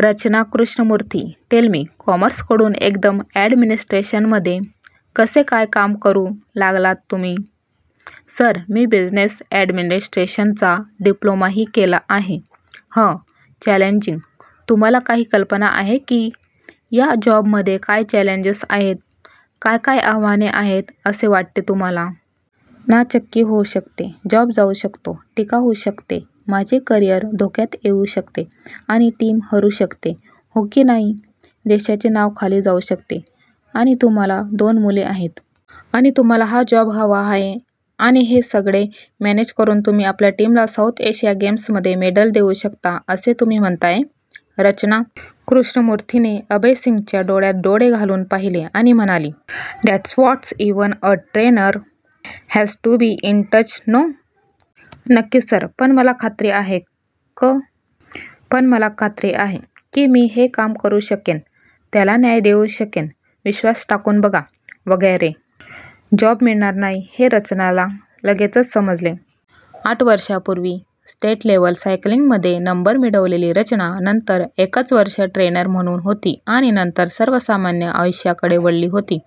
रचना Krishnamurthy tell me, कॉमर्सकडून एकदम अॅडमिनिस्ट्रेशनमध्ये कसे काय काम करू लागलात तुम्ही? "सर, मी बिझिनेस अॅडमिनिस्ट्रेशनचा डिप्लोमाही केला आहे." "हं चॅलेंजिंग, तुम्हाला काही कल्पना आहे, की या जॉबमध्ये काय चॅलेंजेस आहेत? " "काय काय आव्हाने आहेत असे वाटते तुम्हाला? " "नाचक्की होऊ शकते. जॉब जाऊ शकतो. " "टीका होऊ शकते. माझे करीअर धोक्यात येऊ शकते. " "आणि टीम हरू शकते. हो की नाही? देशाचे नांव खाली जाऊ शकते. " "आणि तुम्हाला दोन मुले आहेत. आणि तुम्हाला हा जॉब हवा आहे. आणि हे सगळे मॅनेज करून तुम्ही आपल्या टीमला साऊथ एशिया गेम्समध्ये मेडल देऊ शकता असे तुम्ही म्हणताय. " रचना कृष्णमूर्थीने अभय सिंगच्या डोळ्यात डोळे घालून पाहिले आणि म्हणाली,"दॅट्स what even a trainer has to be in touch no? " "नक्कीच सर, पण मला खात्री आहे क " "पण मला खात्री आहे. की मी हे काम करू शकेन त्याला न्याय देऊ शकेन, विश्वास टाकून बघा, वगैरे" जॉब मिळणार नाही हे रचनाला लगेचच समजले. आठ वर्षापूर्वी स्टेट लेव्हल सायकलिंगमध्ये नंबर मिळवलेली रचना नंतर एकच वर्ष ट्रेनर म्हणून होती आणि नंतर सर्वसामान्य आयुष्याकडे वळली होती.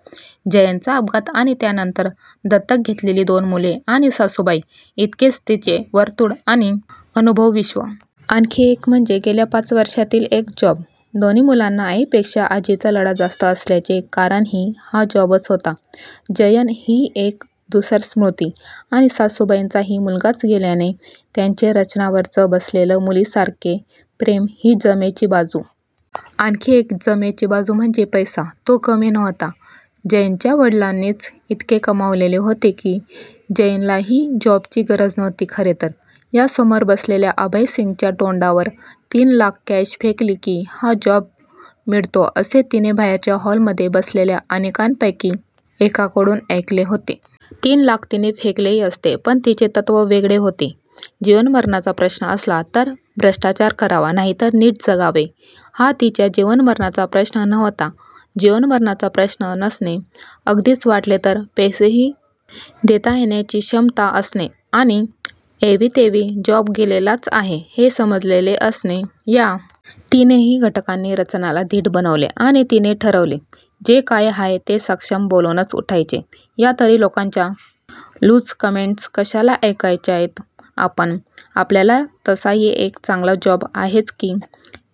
जयनचा अपघात आणि त्यानंतर दत्तक घेतलेली दोन मुले आणि सासूबाई. इतकेच तिचे वर्तुळ आणि अनुभवविश्व. आणखी एक म्हणजे गेल्या पाच वर्षातील एक जॉब. दोन्ही मुलांना आईपेक्षा आजीचा लळा जास्त असल्याचे कारणही हा जॉबच होता. जयन ही एक धूसर स्मृती आणी सासूबाईंचाही मुलगाच गेल्याने त्यांचे रचनावरच बसलेले मुलीसारखे प्रेम ही जमेची बाजू. आणखी एक जमेची बाजू म्हणजे पैसा. तो कमी नव्हता. जयनच्या वडिलांनीच इतके कमावलेले होते की जयनलाही जॉबची गरज नव्हती खरे तर. या समोर बसलेल्या अभय सिंगच्या तोंडावर तीन लाख कॅश फेकली की हा जॉब मिळतो असे तिने बाहेरच्या हॉलमध्ये बसलेल्या अनेकांपैकी एकाकडून ऐकले होते. तीन लाख तिने फेकलेही असते. पण तिचे तत्व वेगळे होते. जीवन मरणाचा प्रश्न असला तर भ्रष्टाचार करावा. नाहीतर नीट जगावे. हा तिच्या जीवनमरणाचा प्रश्न नव्हता. जीवन मरणाचा प्रश्न नसणे, अगदीच वाटले तर पैसेही देता येण्याची क्षमता असणे आणि एवीतेवी जॉब गेलेलाच आहे हे समजलेले असणे.या तीनही घटकांनी रचनाला धीट बनवले आणि तिने ठरवले. जे काय आहे ते समक्ष बोलूनच उठायचे. या तरी लोकांच्या लूज कमेंट्स कशाला ऐकायच्यायत आपण? आपल्याला तसाही एक चांगला जॉब आहेच की?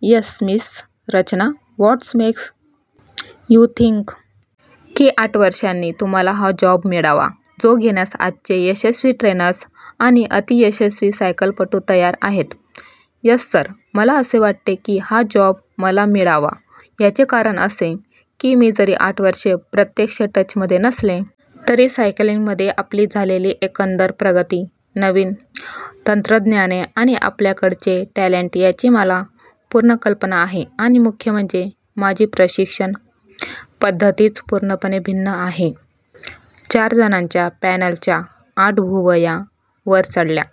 "Yes Miss Rachana, what makes you think? की आठ वर्षांनी तुम्हाला हा जॉब मिळावा. जो घेण्यास आजचे यशस्वी ट्रेनर्स आणि अतियशस्वी सायकलपटू तयार आहेत? " "येस सर, मला असे वाटते की हा जॉब मला मिळावा. याचे कारण असे.. की मी जरी आठ वर्षे प्रत्यक्ष टचमध्ये नसले. तरी सायकलिंगमद्ये आपली झालेली एकंदर प्रगती, नवीन तंत्रज्ञाने आणि आपल्याकडचे टॅलेंट याची मला पूर्ण कल्पना आहे. आणि मुख्य म्हणजे. माझी प्रशिक्षण पद्धतीच पूर्णपणे भिन्न आहे. " चारजणांच्या पॅनेलच्या आठ भुवया वर चढल्या.